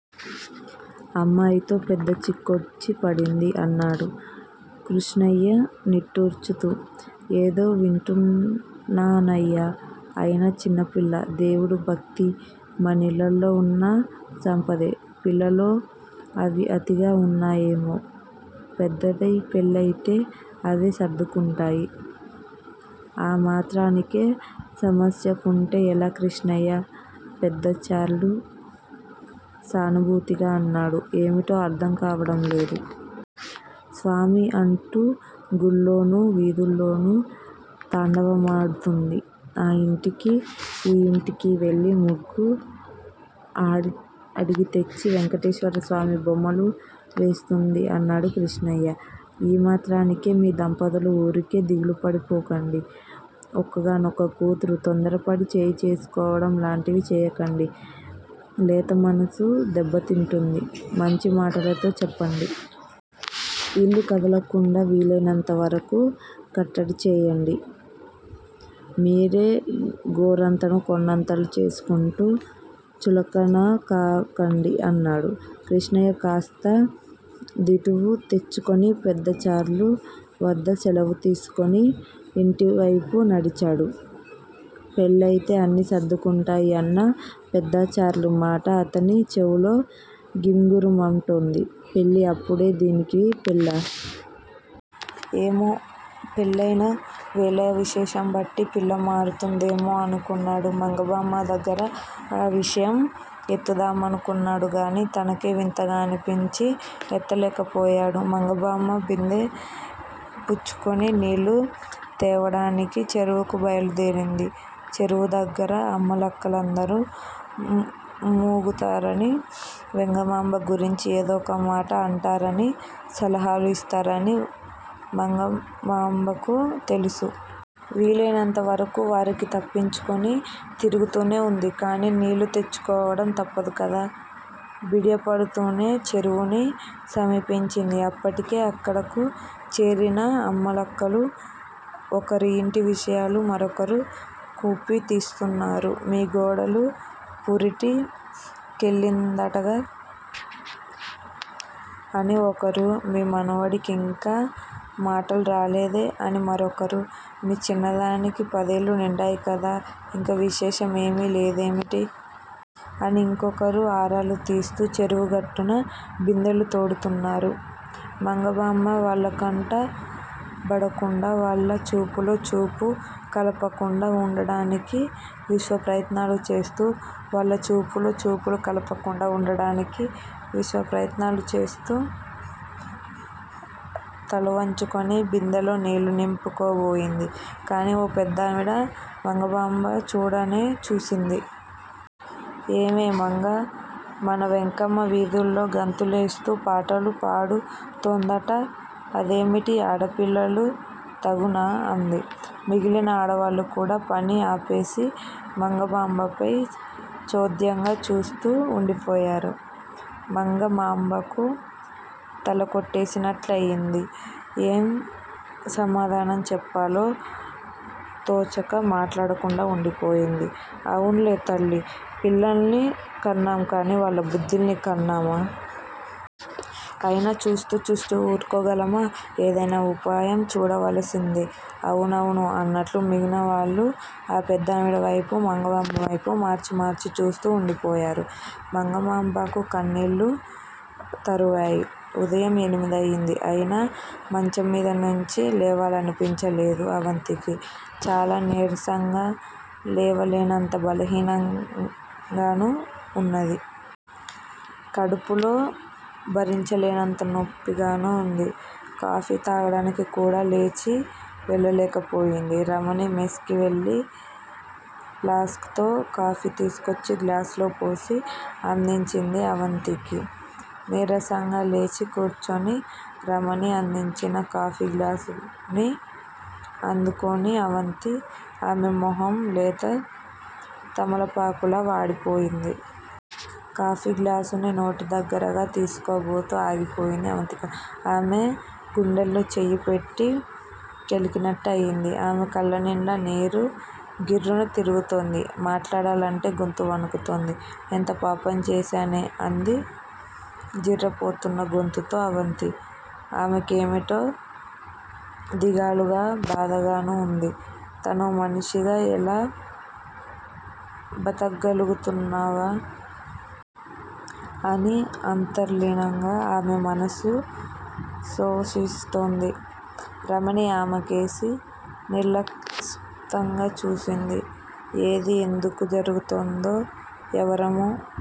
అమ్మాయితో పెద్ద చిక్కొచ్చి పడింది అన్నాడు కృష్ణయ్య నిట్టూర్చుతూ. ఏదో వింటున్నానయ్యా. అయినా చిన్నపిల్ల. దేవుడూ, భక్తీ మనిళ్ళల్లో ఉన్న సంపదే. పిల్లలో అవి అతిగా ఉన్నాయేమో. పెద్దదై, పెళ్ళయితే అవే సర్దుకుంటాయి. ఆమాత్రానికే సమస్యకుంటే ఎలా కృష్ణయ్య? పెద్దాచార్లు సానుభూతిగా అన్నాడు. ఏమిటో అర్థం కావడం లేదు. స్వామి అంటూ గుళ్ళోనూ, వీథుల్లోనూ తాండవమాడుతుంది. ఆ ఇంటికీ ఈ ఇంటికీ వెళ్ళి ముగ్గు ఆడి అడిగితెచ్చి వెంకటేశ్వరస్వామి బొమ్మలు వేస్తుంది అన్నాడు కృష్ణయ్య. ఈ మాత్రానికే మీ దంపతులు ఊరికే దిగులుపడిపోకండి. ఒక్కగానొక్క కూతురు తొందరపడి చేయి చేసుకోవడం లాంటివి చేయకండి. లేతమనసు దెబ్బతింటుంది. మంచి మాటలతో చెప్పండి. ఇల్లు కదలకుండా వీలైనంతవరకు కట్టడి చేయండి. మీరే గోరంతను కొండంతలు చేసుకుంటూ చులకనకాకండి అన్నాడు. కృష్ణయ్య కాస్త దిటవు తెచ్చుకుని పెద్దాచార్లు వద్ద సెలవు తీసుకుని ఇంటివైపు నడిచాడు. పెళ్ళయితే అన్నీ సర్దుకుంటాయి అన్న పెద్దాచార్లు మాట అతని చెవులో గింగురుమంటోంది. పెళ్ళి! అప్పుడే దీనికి పెళ్ళా? ఏమో! పెళ్ళయిన వేళావిశేషం బట్టి పిల్ల మారుతుందేమో అనుకున్నాడు. మంగమాంబ దగ్గర ఆ విషయం ఎత్తుదామను కున్నాడు గానీ, తనకే వింతగా అనిపించి ఎత్తలేకపోయాడు. మంగమాంబ బిందె పుచ్చుకొని నీళ్ళు తేవడానికి చెరువుకు బయలు దేరింది. చెరువు దగ్గర అమ్మలక్కలందరూ ము మూగుతారనీ, వెంగమాంబ గురించి ఏదో ఒక మాట అంటారనీ, సలహాలు ఇస్తారనీ మంగమాంబకు తెలుసు. వీలయినంతవరకు వారికి తప్పించుకుని తిరుగుతూనే ఉంది. కానీ నీళ్ళు తెచ్చుకోవడం తప్పదుకదా! బిడియపడుతూనే చెరువుని సమీపించింది. అప్పటికే అక్కడకు చేరిన అమ్మలక్కలు ఒకరి ఇంటి విషయాలు మరొకరు కూపీ తీస్తున్నారు. మీ గోడలు పురిటి కెళ్ళిందటక అని ఒకరు, మీ మనవడి కింకా మాటలురాలేదే? అని మరొకరు, మీ చిన్నదానికి పదేళ్ళు నిండాయి కదా, ఇంకా విశేషమేమీ లేదేమిటి? అని ఇంకొకరు ఆరాలు తీస్తూ, చెరువు గట్టున బిందెలు తోడుతున్నారు. మంగమాంబ వాళ్ళ కంట బడకుండా, వాళ్ళ చూపులో చూపు కలపకుండా ఉండడానికి విశ్వప్రయత్నాలు చేస్తూ, వాళ్ళ చూపులో చూపులు కలపకుండా ఉండడానికి విశ్వప్రయత్నాలు చేస్తూ, తలవంచుకుని బిందెలో నీళ్ళు నింపుకోబోయింది. కానీ, ఓ పెద్దావిడ మంగమాంబ చూడనే చూసింది. ఏమే, మంగా, మన వెంకమ్మ వీథుల్లో గంతులేస్తూ పాటలు పాడు తోందట. అదేమిటి ఆడపిల్లలు తగునా? అంది. మిగిలిన ఆడవాళ్ళు కూడా పని ఆపేసి, మంగమాంబపై చోద్యంగా చూస్తూ ఉండిపోయారు. మంగమాంబకు తలకొట్టేసినట్లయింది. ఏం సమాధానం చెప్పాలో తోచక మాట్లాడకుండా ఉండిపోయింది. అవున్లే తల్లీ, పిల్లల్ని కన్నాంకానీ, వాళ్ళ బుద్ధుల్ని కన్నామా? అయినా చూస్తూ చూస్తూ ఊరుకోగలమా! ఏదైనా ఉపాయం చూడవలసిందె అవునవును అన్నట్టు మిగిలిన వాళ్ళు ఆ పెద్దావిడవైపు, మంగమాంబవైపు మార్చి మార్చి చూస్తూ ఉండిపోయారు. మంగమాంబకు కన్నీళ్ళు తరువాయి। ఉదయం ఎనిమిదయింది. అయినా మంచంమీద నించి లేవాలనిపించలేదు అవంతికి. చాలా నీరసంగానూ, లేవలేనంత బలహీనంగానూ వున్నది. కడుపులో భరించలేనంత నొప్పిగానూ వుంది. కాఫీ తాగడానికి కూడా లేచి వెళ్ళలేకపోయింది. రమణి మెస్ కి వెళ్ళి ప్లాస్క్ తో కాఫీ తీసుకొచ్చి గ్లాసులో పోసి అందించింది అవంతికి. నీరసంగా లేచి కూర్చుని రమణి అందించిన కాఫీ గ్లాసుని అందుకొని అవంతి. ఆమె మొహం లేత తమలపాకులా వా డిపోయింది. కాఫీ గ్లాసుని నోటి దగ్గరగా తీసుకోబోతూ ఆగిపోయింది అవంతిక. ఆమె గుండెలో చెయ్యి పెట్టి కెలికినట్టయింది. ఆమె కళ్ళనిండా నీరు గిర్రున తిరుగుతోంది. మాట్లాడాలంటే గొంతు వణుకుతోంది. ఎంత పాపం చేశానే! అంది జీరపోతున్న గొంతుతో అవంతి. ఆమెకేమిటో దిగాలుగా, బాధగానూ వుంది. తనో మనిషిగా ఎలా బతగ్గలుగుతున్నావా! అని అంతర్లీనంగా ఆమె మనసు సోషిస్తోంది. రమణి ఆమెకేసి నిర్లిప్తంగా చూసింది. ఏది ఎందుకు జరుగుతుందో ఎవరమూ